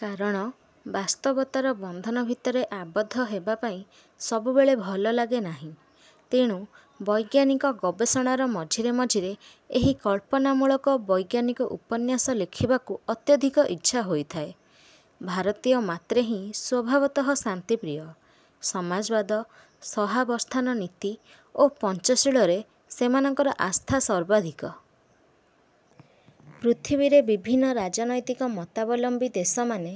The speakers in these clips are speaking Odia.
କାରଣ ବାସ୍ତବତାର ବନ୍ଧନ ଭିତରେ ଆବଦ୍ଧ ହେବା ପାଇଁ ସବୁବେଳେ ଭଲ ଲାଗେ ନାହିଁ। ତେଣୁ ବୈଜ୍ଞାନିକ ଗବେଷଣାର ମଝିରେ ମଝିରେ ଏହି କଳ୍ପନାମୂଳକ ବୈଜ୍ଞାନିକ ଉପନ୍ୟାସ ଲେଖିବାକୁ ଅତ୍ୟଧିକ ଇଚ୍ଛା ହୋଇଥାଏ। ଭାରତୀୟ ମାତ୍ରେହିଁ ସ୍ୱଭାବତଃ ଶାନ୍ତିପ୍ରିୟ। ସମାଜବାଦ, ସହାବସ୍ଥାନ ନୀତି ଓ ପଞ୍ଚଶୀଳରେ ସେମାନଙ୍କର ଆସ୍ଥା ସର୍ବାଧିକ। ପୃଥିବୀରେ ବିଭିନ୍ନ ରାଜନୈତିକ ମତାବଲମ୍ୱୀ ଦେଶମାନେ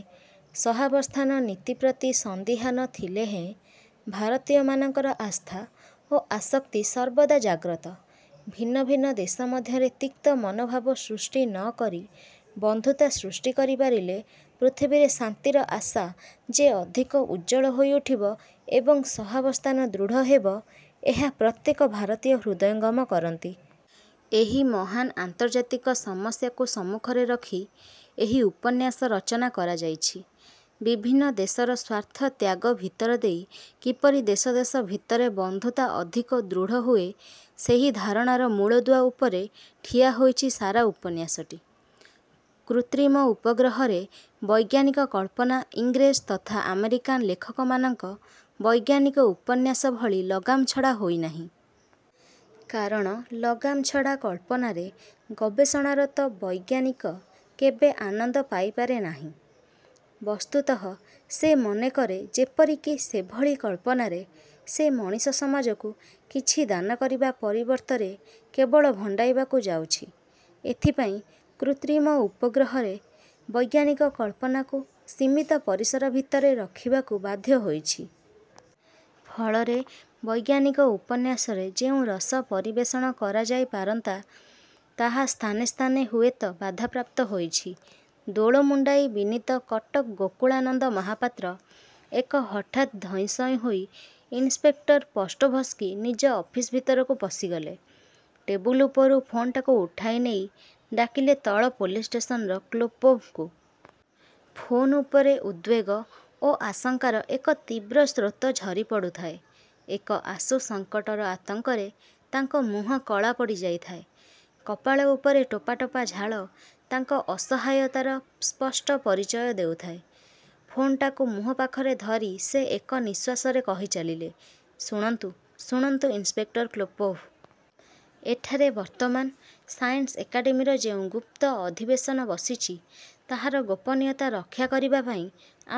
ସହାବସ୍ଥାନ ନୀତି ପ୍ରତି ସନ୍ଦିହାନ ଥିଲେହେଁ ଭାରତୀୟମାନଙ୍କର ଆସ୍ଥା ଓ ଆସକ୍ତି ସର୍ବଦା ଜାଗ୍ରତ। ଭିନ୍ନ ଭିନ୍ନ ଦେଶ ମଧ୍ୟରେ ତିକ୍ତ ମନୋଭାବ ସୃଷ୍ଟି ନ କରି ବନ୍ଧୁତା ସୃଷ୍ଟି କରିପାରିଲେ ପୃଥିବୀରେ ଶାନ୍ତିର ଆଶା ଯେ ଅଧିକ ଉଜ୍ଜ୍ୱଳ ହୋଇଉଠିବ ଏବଂ ସହାବସ୍ଥାନ ଦୃଢ଼ ହେବ, ଏହା ପ୍ରତ୍ୟେକ ଭାରତୀୟ ହୃଦୟଙ୍ଗମ କରନ୍ତି। ଏହି ମହାନ୍ ଆନ୍ତର୍ଜାତିକ ସମସ୍ୟାକୁ ସମ୍ମୁଖରେ ରଖି ଏହି ଉପନ୍ୟାସ ରଚନା କରାଯାଇଛି। ବିଭିନ୍ନ ଦେଶର ସ୍ୱାର୍ଥତ୍ୟାଗ ଭିତରଦେଇ କିପରି ଦେଶ ଦେଶ ଭିତରେ ବନ୍ଧୁତା ଅଧିକ ଦୃଢ଼ ହୁଏ ସେହି ଧାରଣାର ମୂଳଦୁଆ ଉପରେ ଠିଆହୋଇଛି ସାରା ଉପନ୍ୟାସଟି। 'କୃତ୍ରିମ ଉପଗ୍ରହ'ରେ ବୈଜ୍ଞାନିକ କଳ୍ପନା ଇଂରେଜ ତଥା ଆମେରିକାନ୍ ଲେଖକମାନଙ୍କ ବୈଜ୍ଞାନିକ ଉପନ୍ୟାସ ଭଳି ଲଗାମଛଡ଼ା ହୋଇନାହିଁ। କାରଣ ଲଗାମଛଡ଼ା କଳ୍ପନାରେ ଗବେଷଣାରତ ବୈଜ୍ଞାନିକ କେବେ ଆନନ୍ଦ ପାଇପାରେନାହିଁ। ବସ୍ତୁତଃ ସେ ମନେକରେ ଯେପରିକି ସେଭଳି କଳ୍ପନାରେ ସେ ମଣିଷସମାଜକୁ କିଛି ଦାନକରିବା ପରିବର୍ତ୍ତରେ କେବଳ ଭଣ୍ଡାଇବାକୁ ଯାଉଛି। ଏଥିପାଇଁ 'କୃତ୍ରିମ ଉପଗ୍ରହ'ରେ ବୈଜ୍ଞାନିକ କଳ୍ପନାକୁ ସୀମିତ ପରିସର ଭିତରେ ରଖିବାକୁ ବାଧ୍ୟ ହୋଇଛି। ଫଳରେ ବୈଜ୍ଞାନିକ ଉପନ୍ୟାସରେ ଯେଉଁ ରସ ପରିବେଷଣ କରାଯାଇପାରନ୍ତା, ତାହା ସ୍ଥାନେ ସ୍ଥାନେ ହୁଏତ ବାଧାପ୍ରାପ୍ତ ହୋଇଛି। ଦୋଳମୁଣ୍ଡାଇ ବିନୀତ କଟକ ଗୋକୁଳାନନ୍ଦ ମହାପାତ୍ର ଏକ ହଠାତ୍ ଧଇଁସଇଁ ହୋଇ ଇନ୍ସପେକ୍ଟର ପଷ୍ଟୋଭସ୍କି ନିଜ ଅଫିସ ଭିତରକୁ ପଶିଗଲେ। ଟେବୁଲ୍ ଉପରୁ ଫୋନ୍ଟାକୁ ଉଠାଇ ନେଇ ଡାକିଲେ ତଳ ପୋଲିସ ଷ୍ଟେସନର ଇନ୍ସପେକ୍ଟର କ୍ଲୋପୋଭ୍ଙ୍କୁ। ଫୋନ୍ ଉପରେ ଉଦ୍ବେଗ ଓ ଆଶଙ୍କାର ଏକ ତୀବ୍ର ସ୍ରୋତ ଝରିପଡ଼ୁଥାଏ। ଏକ ଆଶୁ ସଙ୍କଟର ଆତଙ୍କରେ ତାଙ୍କ ମୁହଁ କଳା ପଡ଼ିଯାଇଥାଏ। କପାଳ ଉପରେ ଟୋପା ଟୋପା ଝାଳ ତାଙ୍କ ଅସହାୟତାର ସ୍ପଷ୍ଟ ପରିଚୟ ଦେଉଥାଏ। ଫୋନ୍ଟାକୁ ମୁହଁ ପାଖରେ ଧରି ସେ ଏକନିଶ୍ୱାସରେ କହି ଚାଲିଲେ-''ଶୁଣନ୍ତୁ, ଶୁଣନ୍ତୁ ଇନ୍ସପେକ୍ଟର କ୍ଳୋପୋଭ୍। ଏଠାରେ ବର୍ତ୍ତମାନ ସାଏନ୍ସ ଏକାଡ଼େମୀର ଯେଉଁ ଗୁପ୍ତ ଅଧିବେଶନ ବସିଛି, ତାହାର ଗୋପନୀୟତା ରକ୍ଷା କରିବା ପାଇଁ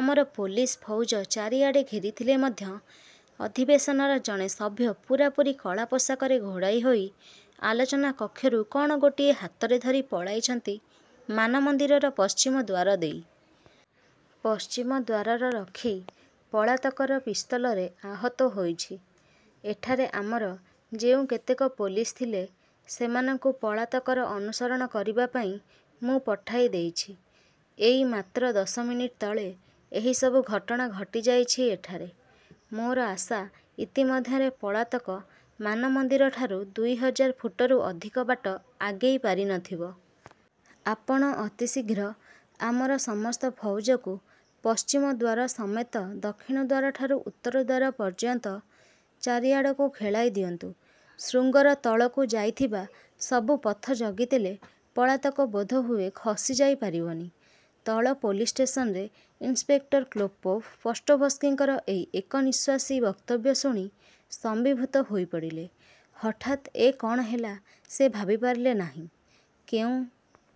ଆମର ପୋଲିସ ଫୌଜ ଚାରିଆଡ଼େ ଘେରିଥିଲେ ମଧ୍ୟ, ଅଧିବେଶନର ଜଣେ ସଭ୍ୟ ପୂରାପୂରି କଳା ପୋଷାକରେ ଘୋଡ଼ାଇହୋଇ ଆଲୋଚନାକକ୍ଷରୁ କ'ଣ ଗୋଟିଏ ହାତରେ ଧରି ପଳାଇଛନ୍ତି ମାନମନ୍ଦିରର ପଶ୍ଚିମଦ୍ୱାର ଦେଇ। ପଶ୍ଚିମଦ୍ୱାରର ରକ୍ଷୀ ପଳାତକର ପିସ୍ତଲରେ ଆହତ ହୋଇଛି। ଏଠାରେ ଆମର ଯେଉଁ କେତେକ ପୋଲିସ ଥିଲେ, ସେମାନଙ୍କୁ ପଳାତକର ଅନୁସରଣ କରିବା ପାଇଁ ମୁଁ ପଠାଇଦେଇଛି। ଏଇ ମାତ୍ର ଦଶମିନିଟ୍ ତଳେ ଏହିସବୁ ଘଟଣା ଘଟିଯାଇଛି ଏଠାରେ। ମୋର ଆଶା, ଇତି ମଧ୍ୟରେ ପଳାତକ ମାନମନ୍ଦିରଠାରୁ ଦୁଇହଜାର ଫୁଟରୁ ଅଧିକ ବାଟ ଆଗେଇ ପାରିନଥିବ। ଆପଣ ଅତିଶୀଘ୍ର ଆମର ସମସ୍ତ ଫୌଜକୁ ପଶ୍ଚିମଦ୍ୱାର ସମେତ ଦକ୍ଷିଣଦ୍ୱାରଠାରୁ ଉତ୍ତରଦ୍ୱାର ପର୍ଯ୍ୟନ୍ତ ଚାରିଆଡ଼କୁ ଖେଳାଇ ଦିଅନ୍ତୁ। ଶୃଙ୍ଗର ତଳକୁ ଯାଇଥିବା ସବୁ ପଥ ଜଗିଦେଲେ ପଳାତକ ବୋଧହୁଏ ଖସିଯାଇ ପାରିବନି। '' ତଳ ପୋଲିସ ଷ୍ଟେସନରେ ଇନ୍ସପେକ୍ଟର କ୍ଳୋପୋଭ୍ ପଷ୍ଟୋଭସ୍କିଙ୍କର ଏହି ଏକନିଶ୍ୱାସୀ ବକ୍ତବ୍ୟ ଶୁଣି ସ୍ତମ୍ଭୀଭୂତ ହୋଇପଡ଼ିଲେ। ହଠାତ୍ ଏ କ'ଣ ହେଲା ସେ ଭାବିପାରିଲେ ନାହିଁ। କେଉଁ